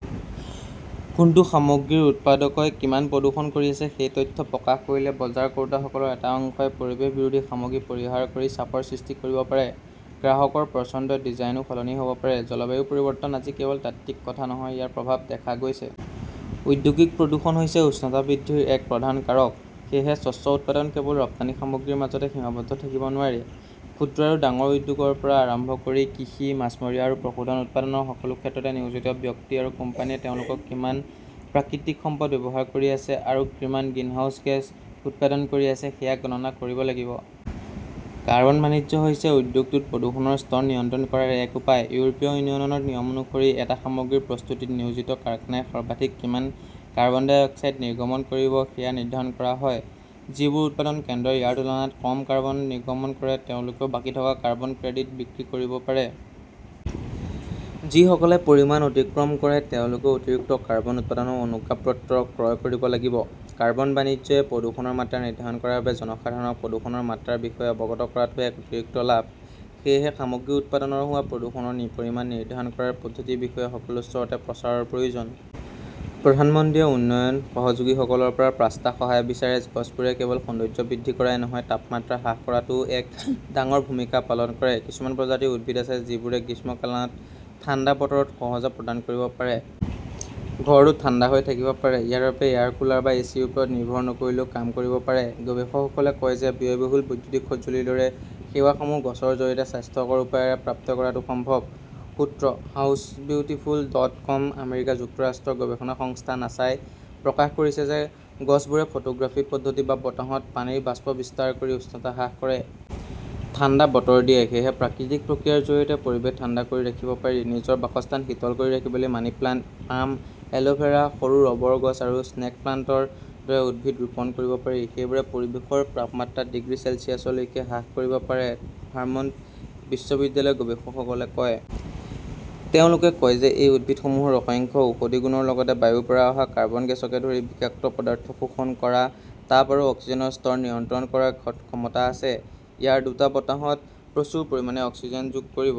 কোনটো সামগ্ৰীৰ উৎপাদকই কিমান প্ৰদূষণ কৰি আছে সেই তথ্য প্ৰকাশ কৰিলে বজাৰ কৰোঁতাসকলৰ এটা অংশই পৰিৱেশ-বিৰোধী সামগ্ৰী পৰিহাৰ কৰি চাপৰ সৃষ্টি কৰিব পাৰে। গ্ৰাহকৰ পচন্দৰ ডিজাইনও সলনি হ "ব পাৰে। জলবায়ু পৰিৱৰ্তন আজি কেৱল তাত্ত্বিক কথা নহয়, ইয়াৰ প্ৰভাৱ দেখা গৈছে। ঔদ্যোগিক প্ৰদূষণ হৈছে উষ্ণতা বৃদ্ধিৰ এক প্ৰধান কাৰক, সেয়েহে স্বচ্ছ উৎপাদন কেৱল ৰপ্তানি সামগ্ৰীৰ মাজতে সীমাবদ্ধ থাকিব নোৱাৰে। ক্ষুদ্ৰ আৰু ডাঙৰ উদ্যোগৰ পৰা আৰম্ভ কৰি কৃষি, মাছমৰীয়া আৰু পশুধন উৎপাদনৰ সকলো ক্ষেত্ৰত নিয়োজিত ব্যক্তি আৰু কোম্পানীয়ে তেওঁলোকে কিমান প্ৰাকৃতিক সম্পদ ব্যৱহাৰ কৰি আছে আৰু কিমান গ্ৰিনহাউজ গেছ উৎপাদন কৰি আছে সেয়া গণনা কৰিব লাগিব। কাৰ্বন বাণিজ্য হৈছে উদ্যোগটোত প্ৰদূষণৰ স্তৰ নিয়ন্ত্ৰণ কৰাৰ এক উপায়। ইউৰোপীয় ইউনিয়নৰ নিয়ম অনুসৰি, এটা সামগ্ৰীৰ প্ৰস্তুতিত নিয়োজিত কাৰখানাই সৰ্বাধিক কিমান কাৰ্বন ডাই অক্সাইড নিৰ্গমন কৰিব সেয়া নিৰ্ধাৰণ কৰা হয়। যিবোৰ উৎপাদন কেন্দ্ৰই ইয়াৰ তুলনাত কম কাৰ্বন নিৰ্গমন কৰে তেওঁলোকে বাকী থকা 'কাৰ্বন ক্ৰেডিট "বিক্ৰী কৰিব পাৰে। যিসকলে পৰিমাণ অতিক্ৰম কৰে তেওঁলোকে অতিৰিক্ত কাৰ্বন উৎপাদনৰ অনুজ্ঞাপত্ৰ ক্ৰয় কৰিব লাগিব। 'কাৰ্বন বাণিজ্য "-এ প্ৰদূষণৰ মাত্ৰা নিৰ্ধাৰণ কৰাৰ বাবে জনসাধাৰণক প্ৰদূষণৰ মাত্ৰাৰ বিষয়ে অৱগত কৰাটো এক অতিৰিক্ত লাভ। সেয়েহে সামগ্ৰীৰ উৎপাদনত হোৱা প্ৰদূষণৰ পৰিমাণ নিৰ্ধাৰণ কৰাৰ পদ্ধতিৰ বিষয়ে সকলো স্তৰতে প্ৰচাৰৰ প্ৰয়োজন। প্ৰধানমন্ত্ৰীয়ে উন্নয়ন সহযোগীসকলৰ পৰা পাঁচটা সহায় বিচাৰে গছবোৰে কেৱল সৌন্দৰ্য্য বৃদ্ধি কৰাই নহয়, তাপমাত্ৰা হ্ৰাস কৰাতও এক ডাঙৰ ভূমিকা পালন কৰে। কিছুমান প্ৰজাতিৰ উদ্ভিদ আছে যিবোৰে গ্ৰীষ্মকালত ঠাণ্ডা বতৰত সহজে প্ৰদান কৰিব পাৰে। ঘৰটো ঠাণ্ডা হৈ থাকিব পাৰে। ইয়াৰ বাবে এয়াৰকুলাৰ বা এচিৰ ওপৰত নিৰ্ভৰ নকৰিলেও কাম কৰিব পাৰে। গৱেষকসকলে কয় যে ব্যয়বহুল বৈদ্যুতিক সঁজুলিৰ দৰে সেৱাসমূহ গছৰ জৰিয়তে স্বাস্থ্যকৰ উপায়েৰে প্ৰাপ্ত কৰাটো সম্ভৱ। সূত্ৰঃ হাউছবিউটিফুল ডট কম আমেৰিকা যুক্তৰাষ্ট্ৰৰ গৱেষণা সংস্থা নাছাই প্ৰকাশ কৰিছে যে গছবোৰে ফটোগ্ৰাফী পদ্ধতি আৰু বতাহত পানীৰ বাষ্প বিস্তাৰ কৰি উষ্ণতা হ্ৰাস কৰে। ঠাণ্ডা বতৰ দিয়ে। সেয়েহে প্ৰাকৃতিক প্ৰক্ৰিয়াৰ জৰিয়তে পৰিৱেশ ঠাণ্ডা কৰি ৰাখিব পাৰি। নিজৰ বাসস্থান শীতল কৰি ৰাখিবলৈ মানিপ্লাণ্ট, পাম, এলোভেৰা, সৰু ৰবৰ গছ আৰু স্নেকপ্লাণ্টৰ দৰে উদ্ভিদ ৰোপণ কৰিব পাৰি। এইবোৰে পৰিৱেশৰ তাপমাত্ৰা ডিগ্ৰী চেলছিয়াছলৈকে হ্ৰাস কৰিব পাৰে, ভাৰ্মণ্ট বিশ্ববিদ্যালয়ৰ গৱেষকসকলে কয়। তেওঁলোকে কয় যে এই উদ্ভিদসমূহৰ অসংখ্য ঔষধি গুণৰ লগতে বায়ুৰ পৰা অহা কাৰ্বন গেছকে ধৰি বিষাক্ত পদাৰ্থ শোষণ কৰা, তাপ আৰু অক্সিজেনৰ স্তৰ নিয়ন্ত্ৰণ কৰাৰ ক্ষমতা আছে। ইয়াৰে দুটা বতাহত প্ৰচুৰ পৰিমাণে অক্সিজেন যোগ কৰিব